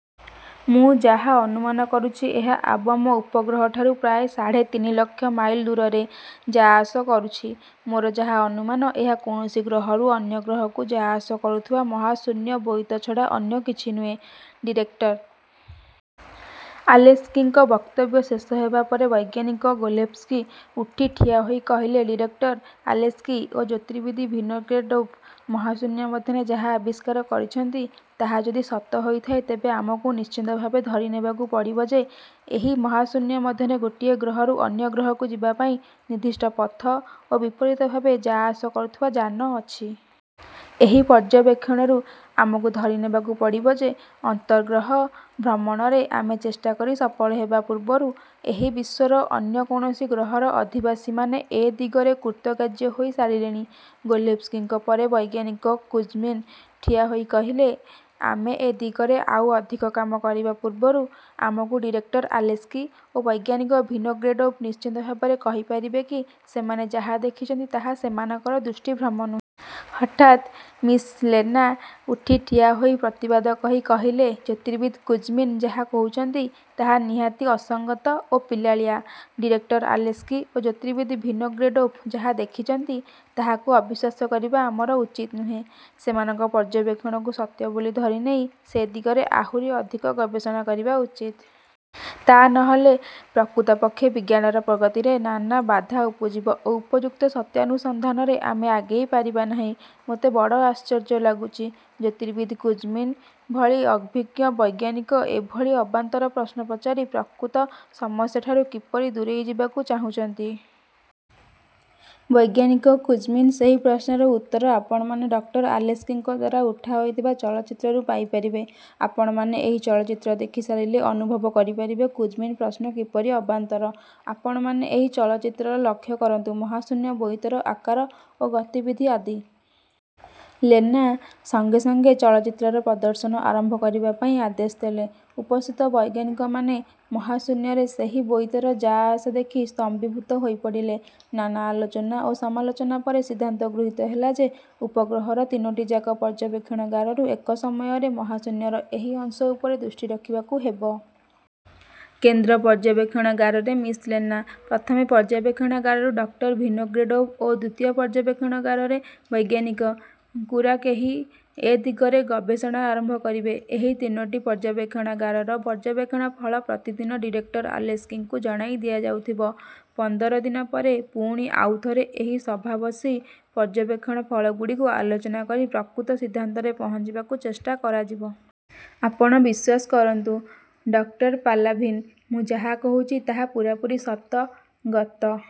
ମୁଁ ଯାହା ଅନୁମାନ କରୁଛି, ଏହା ଆବମ ଉପଗ୍ରହଠାରୁ ପ୍ରାୟ ସାଢ଼େ ତିନି ଲକ୍ଷ ମାଇଲ ଦୂରରେ ଯା-ଆସ କରୁଛି। ମୋର ଯାହା ଅନୁମାନ, ଏହା କୌଣସି ଗ୍ରହରୁ ଅନ୍ୟ ଗ୍ରହକୁ ଯା-ଆସ କରୁଥିବା ମହାଶୂନ୍ୟ ବୋଇତ ଛଡ଼ା ଅନ୍ୟ କିଛି ନୁହେଁ। '' ଡିରେକ୍ଟର ଆଲେସ୍କିଙ୍କ ବକ୍ତବ୍ୟ ଶେଷ ହେବା ପରେ ବୈଜ୍ଞାନିକ ଗୋଲେଭସ୍କି ଉଠି ଠିଆହୋଇ କହିଲେ, 'ଡିରେକ୍ଟର ଆଲେସ୍କି ଓ ଜ୍ୟୋତିର୍ବିତ୍ ଭିନୋଗ୍ରେଡ଼ୋଭ୍ ମହାଶୂନ୍ୟ ମଧ୍ୟରେ ଯାହା ଆବିଷ୍କାର କରିଛନ୍ତି, ତାହା ଯଦି ସତ ହୋଇଥାଏ ତେବେ ଆମକୁ ନିଶ୍ଚିତ ଭାବେ ଧରିନେବାକୁ ପଡ଼ିବ ଯେ, ଏହି ମହାଶୂନ୍ୟ ମଧ୍ୟରେ ଗୋଟିଏ ଗ୍ରହରୁ ଅନ୍ୟ ଗ୍ରହକୁ ଯିବାପାଇଁ ନିର୍ଦ୍ଦିଷ୍ଟ ପଥ ଓ ବିପରୀତ ଭାବେ ଯା-ଆସ କରୁଥିବା ଯାନ ଅଛି। ଏହି ପର୍ଯ୍ୟବେକ୍ଷଣରୁ ଆମକୁ ଧରିନେବାକୁ ପଡ଼ିବ ଯେ ଅନ୍ତର୍ଗହ ଭ୍ରମଣରେ ଆମେ ଚେଷ୍ଟା କରି ସଫଳ ହେବା ପୂର୍ବରୁ ଏହି ବିଶ୍ୱର ଅନ୍ୟ କୌଣସି ଗ୍ରହର ଅଧିବାସୀମାନେ ଏ ଦିଗରେ କୃତକାର୍ଯ୍ୟ ହୋଇ ସାରିଲେଣି। '' ଗୋଲେଭସ୍କିଙ୍କ ପରେ ବୈଜ୍ଞାନିକ କୁଜ୍ମିନ୍ ଠିଆହୋଇ କହିଲେ, ''ଆମେ ଏ ଦିଗରେ ଆଉ ଅଧିକ କାମ କରିବା ପୂର୍ବରୁ ଆମକୁ ଡିରେକ୍ଟର ଆଲେସ୍କି ଓ ବୈଜ୍ଞାନିକ ଭିନୋଗ୍ରେଡ଼ୋଭ୍ ନିଶ୍ଚିତ ଭାବରେ କହିପାରିବେ କି ସେମାନେ ଯାହା ଦେଖିଛନ୍ତି ତାହା ସେମାନଙ୍କର ଦୃଷ୍ଟିଭ୍ରମ ନୁହେଁ-? '' ହଠାତ୍ ମିସ୍ ଲେନା ଉଠି ଠିଆହୋଇ ପ୍ରତିବାଦ କହି କହିଲେ, ''ଜ୍ୟୋତିର୍ବିତ୍ କୁଜ୍ମିନ୍ ଯାହା କହୁଛନ୍ତି, ତାହା ନିହାତି ଅସଙ୍ଗତ ଓ ପିଲାଳିଆ। ଡିରେକ୍ଟର ଆଲେସ୍କି ଓ ଜ୍ୟୋତିର୍ବିତ୍ ଭିନୋଗ୍ରେଡ଼ୋଭ୍ ଯାହା ଦେଖିଛନ୍ତି, ତାହାକୁ ଅବିଶ୍ୱାସ କରିବା ଆମର ଉଚିତ ନୁହେଁ। ସେମାନଙ୍କ ପର୍ଯ୍ୟବେକ୍ଷଣକୁ ସତ୍ୟ ବୋଲି ଧରିନେଇ ସେ ଦିଗରେ ଆହୁରି ଅଧିକ ଗବେଷଣା କରିବା ଉଚିତ। ତା' ନହେଲେ ପ୍ରକୃତପକ୍ଷେ ବିଜ୍ଞାନର ପ୍ରଗତିରେ ନାନା ବାଧା ଉପୁଜିବ ଓ ଉପଯୁକ୍ତ ସତ୍ୟାନୁସନ୍ଧାନରେ ଆମେ ଆଗେଇ ପାରିବା ନାହିଁ। ମୋତେ ବଡ଼ ଆଶ୍ଚର୍ଯ୍ୟ ଲାଗୁଛି, ଜ୍ୟୋତିର୍ବିତ୍ କୁଜ୍ମିନ୍ଙ୍କ ଭଳି ଅଭିଜ୍ଞ ବୈଜ୍ଞାନିକ ଏଭଳି ଅବାନ୍ତର ପ୍ରଶ୍ନ ପଚାରି ପ୍ରକୃତ ସମସ୍ୟାଠାରୁ କିପରି ଦୂରେଇ ଯିବାକୁ ଚାହୁଁଛନ୍ତି। ବୈଜ୍ଞାନିକ କୁଜ୍ମିନ୍ଙ୍କ ସେହି ପ୍ରଶ୍ନର ଉତ୍ତର ଆପଣମାନେ ଡକ୍ଟର ଆଲେସ୍କିଙ୍କ ଦ୍ୱାରା ଉଠାହୋଇଥିବା ଚଳଚ୍ଚିତ୍ରରୁ ପାଇ ପାରିବେ। ଆପଣମାନେ ଏହି ଚଳଚ୍ଚିତ୍ର ଦେଖି ସାରିଲେ ଅନୁଭବ କରିପାରିବେ କୁଜ୍ମିନ୍ଙ୍କ ପ୍ରଶ୍ନ କିପରି ଅବାନ୍ତର! ଆପଣମାନେ ଏହି ଚଳଚ୍ଚିତ୍ରର ଲକ୍ଷ୍ୟ କରନ୍ତୁ ମହାଶୂନ୍ୟ ବୋଇତର ଆକାର ଓ ଗତିବିଧି ଆଦି। '' ଲେନା ସଙ୍ଗେ ସଙ୍ଗେ ଚଳଚ୍ଚିତ୍ରର ପ୍ରଦର୍ଶନ ଆରମ୍ଭ କରିବା ପାଇଁ ଆଦେଶ ଦେଲେ। ଉପସ୍ଥିତ ବୈଜ୍ଞାନିକମାନେ ମହାଶୂନ୍ୟରେ ସେହି ବୋଇତର ଯା' ଆସ ଦେଖି ସ୍ତମ୍ଭୀଭୂତ ହୋଇପଡ଼ିଲେ। ନାନା ଆଲୋଚନା ଓ ସମାଲୋଚନା ପରେ ସିନ୍ଧାନ୍ତ ଗୃହୀତ ହେଲା ଯେ, ଉପଗଗ୍ରହର ତିନୋଟିଯାକ ପର୍ଯ୍ୟବେକ୍ଷଣାଗାରରୁ ଏକ ସମୟରେ ମହାଶୂନ୍ୟର ଏହି ଅଂଶ ଉପରେ ଦୃଷ୍ଟି ରଖିବାକୁ ହେବ। କେନ୍ଦ୍ର ପର୍ଯ୍ୟବେକ୍ଷଣାଗାରରେ ମିସ୍ ଲେନା, ପ୍ରଥମେ ପର୍ଯ୍ୟବେକ୍ଷଣାଗାରରୁ ଡକ୍ଟର ଭିନୋଗ୍ରେଡ଼ୋଭ୍ ଓ ଦ୍ୱିତୀୟ ପର୍ଯ୍ୟବେକ୍ଷଣାଗାରରେ ବୈଜ୍ଞାନିକ। କୁରାକେହି ଏ ଦିଗରେ ଗବେଷଣା ଆରମ୍ଭ କରିବେ। ଏହି ତିନୋଟି ପର୍ଯ୍ୟବେକ୍ଷଣାଗାରର ପର୍ଯ୍ୟବେକ୍ଷଣ ଫଳ ପ୍ରତିଦିନ ଡିରେକ୍ଟର ଆଲେସ୍କିଙ୍କୁ ଜଣାଇ ଦିଆଯାଉଥିବ। ପନ୍ଦର ଦିନ ପରେ ପୁଣି ଆଉ ଥରେ ଏହି ସଭା ବସି ପର୍ଯ୍ୟବେକ୍ଷଣ ଫଳଗୁଡ଼ିକୁ ଆଲୋଚନା କରି ପ୍ରକୃତ ସିଦ୍ଧାନ୍ତରେ ପହଞ୍ଚିବାକୁ ଚେଷ୍ଟା କରାଯିବ। ''ଆପଣ ବିଶ୍ୱାସ କରନ୍ତୁ. ଡକ୍ଟର ପାଲାଭିନ୍, ମୁଁ ଯାହା କହୁଛି ତାହା ପୂରାପୂରି ସତ। ଗତ